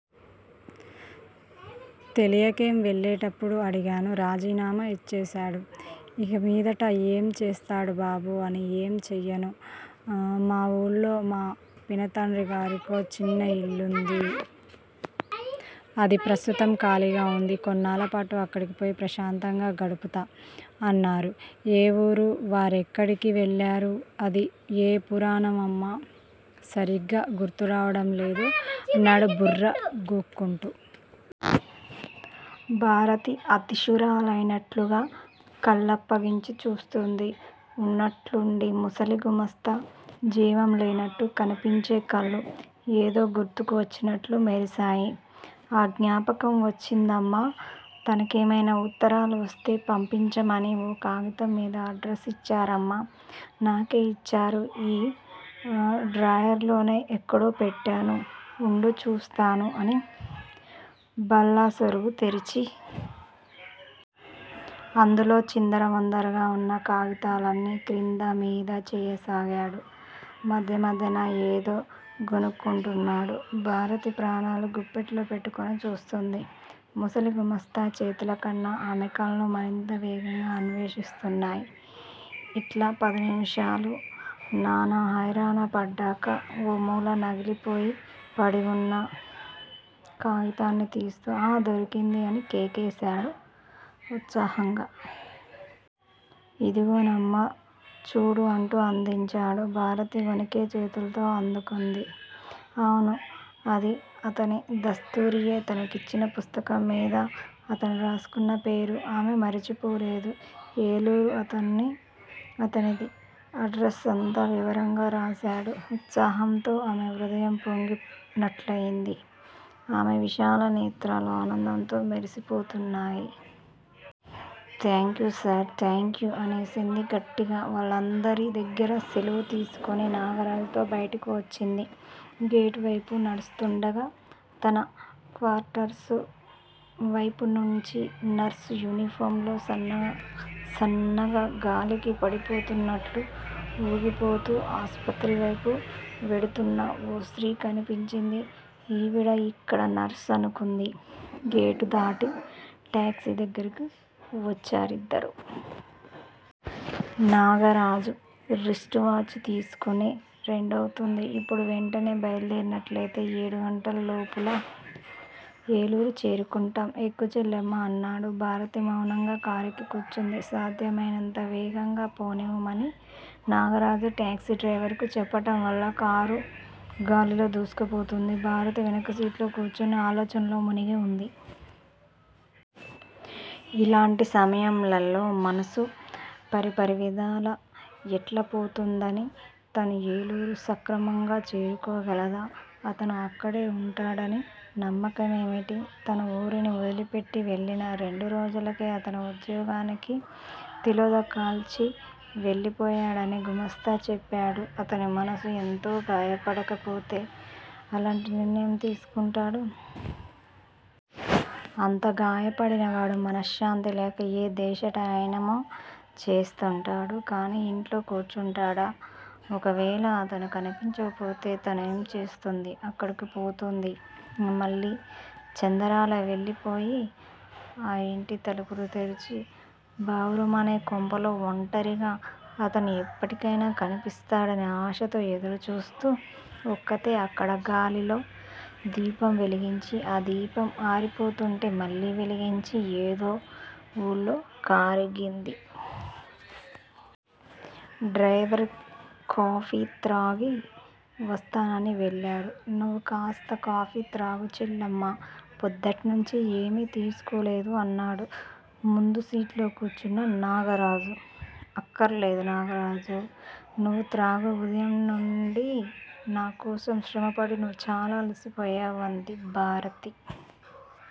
తెలియకేం? వెళ్ళేటప్పుడు అడిగాను. రాజీనామా ఇచ్చేశారు! ఇహమీదట ఏం చేస్తారు బాబూ అని. 'ఏమీ చెయ్యను! మా వూళో మా పినతండ్రిగారికో చిన్న ఇల్లుంది. అది ప్రస్తుతం ఖాళీగా వుంది. కొన్నాళ్ళపాటూ అక్కడికిపోయి ప్రశాంతంగా గడుపుతా' అన్నారు. ఏ వూరు? వారెక్కడికి వెళ్ళారు? అదీ ఏ వూరోనమ్మా సరిగ్గా గుర్తురావటంలేదు అన్నాడు బుర్ర గోక్కుంటూ. భారతి హతాశురాలైనట్లుగా కళ్ళప్పగించి చూస్తూంది. ఉన్నట్లుండి ముసలి గుమాస్తా జీవం లేనట్లు కనిపించే కళ్ళు. ఏదో గుర్తుకువచ్చినట్లు మెరిశాయి. ఆఁ జ్ఞాపకం వచ్చిందమ్మా తనకేమైనా ఉత్తరాలు వస్తే పంపించమని ఓ కాగితంమీద అడ్రస్ ఇచ్చారమ్మా నాకే ఇచ్చారు. ఈ డ్రాయరులోనే ఎక్కడో పెట్టాను ఉండు చూస్తాను అని బల్ల సొరుగు తెరిచి. అందులో చిందరవందరగా ఉన్న కాగితాలన్నీ క్రిందా మీదా చేయసాగాడు. మధ్య మధ్యన యేదో గొణుక్కుంటున్నాడు. భారతి ప్రాణాలు గుప్పెట్లో పెట్టుకుని చూస్తూంది. ముసలి గుమాస్తా చేతులకన్నా ఆమె కళ్ళు మరింత వేగంగా అన్వేషిస్తున్నాయి. ఇట్లా పది నిమిషాలు నానా హైరానా పడ్డాక. ఓ మూల నలిగిపోయి పడివున్న కాగితాన్ని తీస్తూ ఆఁ, దొరికింది అని కేకేశాడు ఉత్సాహంగా. ఇదిగోనమ్మా! చూడు అంటూ అందిచ్చాడు. భారతి వణికే చేతులతో అందుకుంది. అవును, అది అతని దస్తూరీయే! తనకిచ్చిన పుస్తకంమీద అతను రాసుకున్న పేరు ఆమె మరిచిపోలేదు. ఏలూరు అతనిది. అడ్రస్ అంతా వివరంగా రాశాడు. ఉత్సాహంతో ఆమె హృదయం పొంగినట్లయింది. ఆమె విశాల నేత్రాలు ఆనందంతో మెరిసిపోతున్నాయి. థాంక్యూ సర్ థాంక్యూ అనేసింది గట్టిగా. వాళ్ళందరి దగ్గరా సెలవు తీసుకుని నాగరాజుతో బయటకు వచ్చింది. గేటువైపు నడుస్తూండగా తన క్వార్టర్స్ వైపునుంచి నర్సు యూనిఫారంలో సన్నగా, గాలికి పడిపోతున్నట్లు వూగిపోతూ. ఆసుపత్రివైపు వెడుతూన్న ఓ స్త్రీ కనిపించింది. ఈవిడా ఇక్కడి నర్స్? అనుకుంది. గేటు దాటి టాక్సీ దగ్గరకు వచ్చారిద్దరూ. నాగరాజు రిస్ట్ వాచ్ చూసుకుని, రెండవుతూంది ఇప్పుడు. వెంటనే బయల్దేరినట్లయితే ఏడుగంటల లోపుల ఏలూరు చేరుకుంటాం. ఎక్కు చెల్లెమ్మా అన్నాడు. భారతి మౌనంగా కారెక్కి కూర్చుంది. సాధ్యమైనంత వేగంగా పోనివ్వమని నాగరాజు టాక్సీ డ్రైవరుకు చెప్పటం వల్ల కారు గాలిలో దూసుకుపోతూంది. భారతి వెనక సీట్లో కూర్చుని ఆలోచనలలో మునిగి ఉంది. ఇలాంటి సమయాలలో మనస్సు పరిపరివిధాల ఎట్లా పోతుందని!!! తను ఏలూరు సక్రమంగా చేరుకోగలదా? అతను అక్కడే వుంటాడని నమ్మకమేమిటి? తాను ఊరిని వదిలిపెట్టి వెళ్ళిన రెండు రోజులకే అతనూ ఉద్యోగానికి తిలోదకాలిచ్చి వెళ్ళిపోయాడని గుమాస్తా చెప్పాడు. అతని మనసు ఎంత గాయపడకపోతే అలాంటి నిర్ణయం తీసుకుంటాడు! అంత గాయపడినవాడు, మనశ్శాంతి లేక ఏ దేశాటనమో చేస్తూంటాడు గానీ ఇంట్లో కూర్చుంటాడా? ఒకవేళ అతను కనిపించకపోతే తాను ఏం చేస్తుంది? ఎక్కడకు పోతుంది? మళ్ళీ చందరాల వెళ్ళిపోయి, ఆ ఇంటి తలుపులు తెరిచి బావురుమనే కొంపలో ఒంటరిగా, అతను ఎప్పటికైనా కనిపిస్తాడనే ఆశతో ఎదురు చూస్తూ ఒక్కతే అక్కడ గాలిలో దీపం వెలిగించి, ఆ దీపం ఆరిపోతుంటే మళ్ళీ వెలిగించి ఏదో ఊళ్లో కారాగింది. డ్రైవరు కాఫీ త్రాగి వస్తానని వెళ్ళాడు. నువ్వు కాస్త కాఫీ త్రాగు చెల్లెమ్మా. పొద్దుటినుంచీ ఏమీ తీసుకోలేదు అన్నాడు ముందుసీట్లో కూర్చున్న నాగరాజు. అక్కర్లేదు నాగరాజూ! నువ్వు త్రాగు. ఉదయం నుండీ నా కోసం శ్రమపడి, నువ్వు చాలా అలిసిపోయావు అంది భారతి